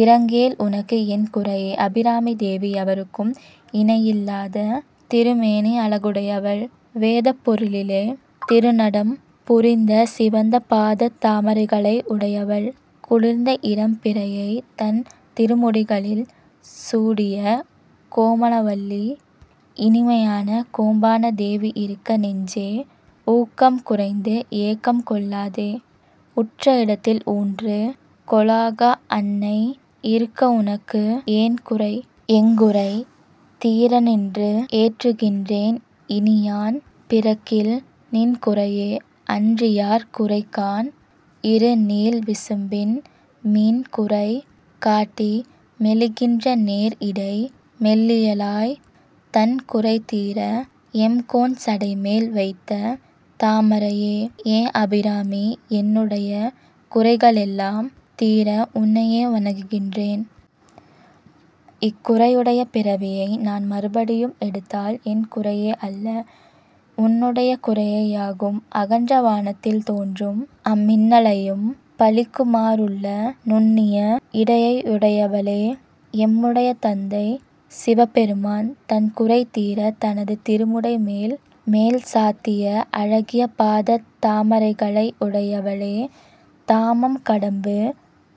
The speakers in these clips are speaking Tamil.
-இரங்கேல், உனக்கு என் குறையே? அபிராமித் தேவி எவருக்கும் இணையில்லாத திருமேனியழகுடையவள். வேதப் பொருளிலே திருநடம் புரிந்த சிவந்த பாதத் தாமரைகளை உடையவள். குளிர்ந்த இளம்பிறையைத் தன் திருமுடிகளில் சூடிய கோமளவல்லி, இனிமையான கொம்பான தேவி இருக்க, நெஞ்சே! ஊக்கம் குறைந்து, ஏக்கம் கொள்ளாதே! உற்ற இடத்தில் ஊன்று கோலாக அன்னை இருக்க உனக்கு ஏன் குறை?: எங்குறை தீரநின்று ஏற்றுகின்றேன், இனி யான் பிறக்கில், நின் குறையே அன்றி யார் குறை காண்? -இரு நீள் விசும்பின் மின் குறை காட்டி மெலிகின்ற நேர் இடை மெல்லியலாய். தன் குறை தீர, எம்கோன் சடை மேல் வைத்த தாமரையே. ஏ, அபிராமி! என்னுடைய குறைகளெல்லாம் தீர உன்னையே வணங்குகின்றேன். இக்குறையுடைய பிறவியை நான் மறுபடியும் எடுத்தால் என் குறையே அல்ல. உன்னுடைய குறையேயாகும். அகன்ற வானத்தில் தோன்றும் அம்மின்னலையும் பழிக்குமாறுள்ள நுண்ணிய இடையையுடையவளே! எம்முடைய தந்தை சிவபெருமான், தன் குறை தீர, தனது திருமுடி மேல் சாத்திய அழகிய பாதத் தாமரைகளையுடையவளே!: தாமம் கடம்பு,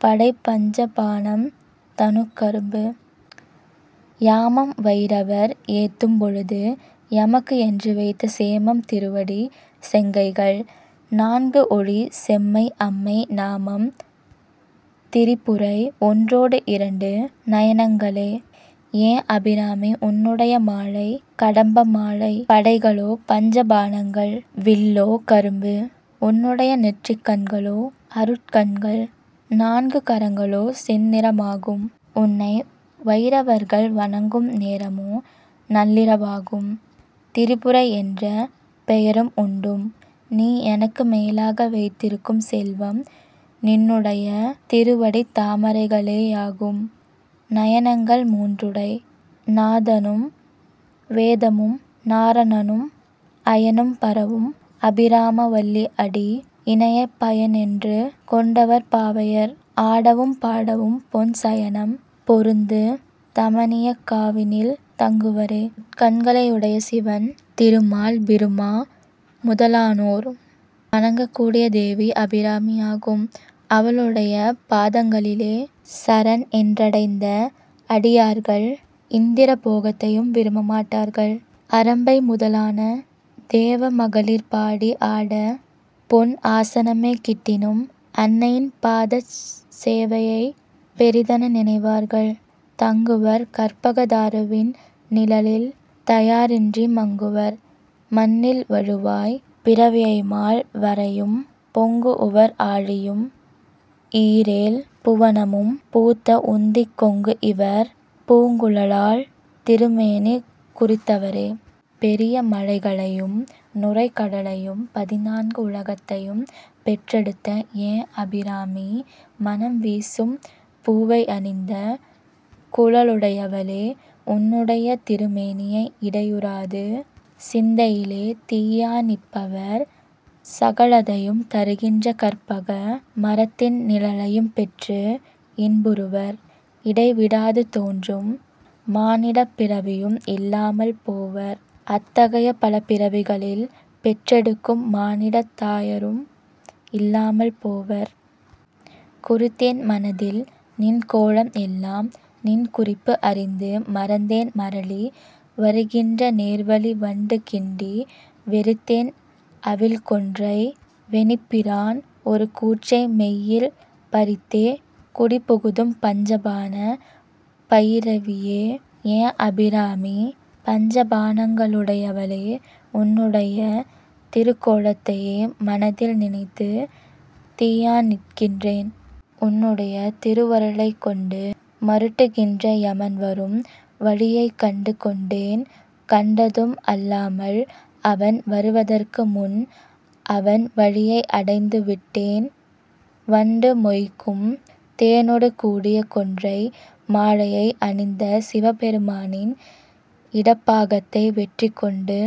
படை பஞ்ச பாணம், தனுக் கரும்பு,। யாமம் வயிரவர் ஏத்தும் பொழுது, எமக்கு என்று வைத்த சேமம் திருவடி, செங்கைகள் நான்கு, ஒளி செம்மை, அம்மை நாமம் திரிபுரை, ஒன்றோடு இரண்டு நயனங்களே. ஏ, அபிராமி! உன்னுடைய மாலை, கடம்ப மாலை, படைகளோ பஞ்ச பாணங்கள்; வில்லோ கரும்பு; உன்னுடைய நெற்றிக் கண்களோ அருட் கண்கள்; நான்கு கரங்களோ செந்நிறமாகும். உன்னை வயிரவர்கள் வணங்கும் நேரமோ நள்ளிரவாகும். திரிபுரை என்ற பெயரும் உண்டும். நீ எனக்கு மேலாக வைத்திருக்கும் செல்வம் நின்னுடைய திருவடித் தாமரைகளேயாகும்.: நயனங்கள் மூன்றுடை நாதனும், வேதமும், நாரணனும், அயனும் பரவும் அபிராம வல்லி அடி இணையைப் பயன் என்று கொண்டவர், பாவையர் ஆடவும் பாடவும், பொன் சயனம் பொருந்து தமனியக் காவினில் தங்குவரே. முக்கண்களையுடைய சிவன், திருமால், பிரும்மா முதலானோரும் வணங்கக்கூடிய தேவி அபிராமியாகும். அவளுடைய பாதங்களிலே சரண் என்றடைந்த அடியார்கள் இந்திர போகத்தையும் விரும்ப மாட்டார்கள். அரம்பை முதலான தேவ மகளிர் பாடி, ஆட, பொன் ஆசனமே கிட்டினும், அன்னையின் பாதச் சேவையையே பெரிதென நினைவார்கள்.: தங்குவர், கற்பக தாருவின் நீழலில், தாயர் இன்றி மங்குவர், மண்ணில் வழுவாய் பிறவியை,-மால் வரையும், பொங்கு உவர் ஆழியும், ஈரேழ் புவனமும், பூத்த உந்திக் கொங்கு இவர் பூங்குழலாள் திருமேனி குறித்தவரே. பெரிய மலைகளையும், நுரைக் கடலையும், பதினான்கு உலகத்தையும் பெற்றெடுத்த ஏ அபிராமி! மணம் வீசும் பூவையணிந்த குழலுடையவளே! உன்னுடைய திருமேனியை இடையுறாது சிந்தையிலே தியானிப்பவர் சகலத்தையும் தருகின்ற கற்பக மரத்தின் நிழலையும் பெற்று இன்புறுவர். இடைவிடாது தோன்றும் மானிடப் பிறவியும் இல்லாமல் போவர். அத்தகைய பல பிறவிகளில் பெற்றெடுக்கும் மானிடத் தாயாரும் இல்லாமல் போவர்.: குறித்தேன் மனத்தில் நின் கோலம் எல்லாம், நின் குறிப்பு அறிந்து மறித்தேன் மறலி வருகின்ற நேர்வழி, வண்டு கிண்டி வெறித்தேன் அவிழ் கொன்றை வேணிப் பிரான் ஒரு கூற்றை, மெய்யில் பறித்தே, குடிபுகுதும் பஞ்ச பாண பயிரவியே. ஏ, அபிராமி! பஞ்ச பாணங்களையுடையவளே! உன்னுடைய திருக்கோலத்தையே மனத்தில் நினைத்து தியானிக்கின்றேன். உன்னுடைய திருவருளைக் கொண்டு, மருட்டுகின்ற யமன்வரும் வழியைக் கண்டு கொண்டேன். கண்டதும் அல்லாமல், அவன் வருவதற்கு முன், அவன் வழியை அடைத்தும் விட்டேன். வண்டு மொய்க்கும் தேனொடு கூடிய கொன்றை மாலையை அணிந்த சிவபெருமானின் இடப்பாகத்தை வெற்றி கொண்டு,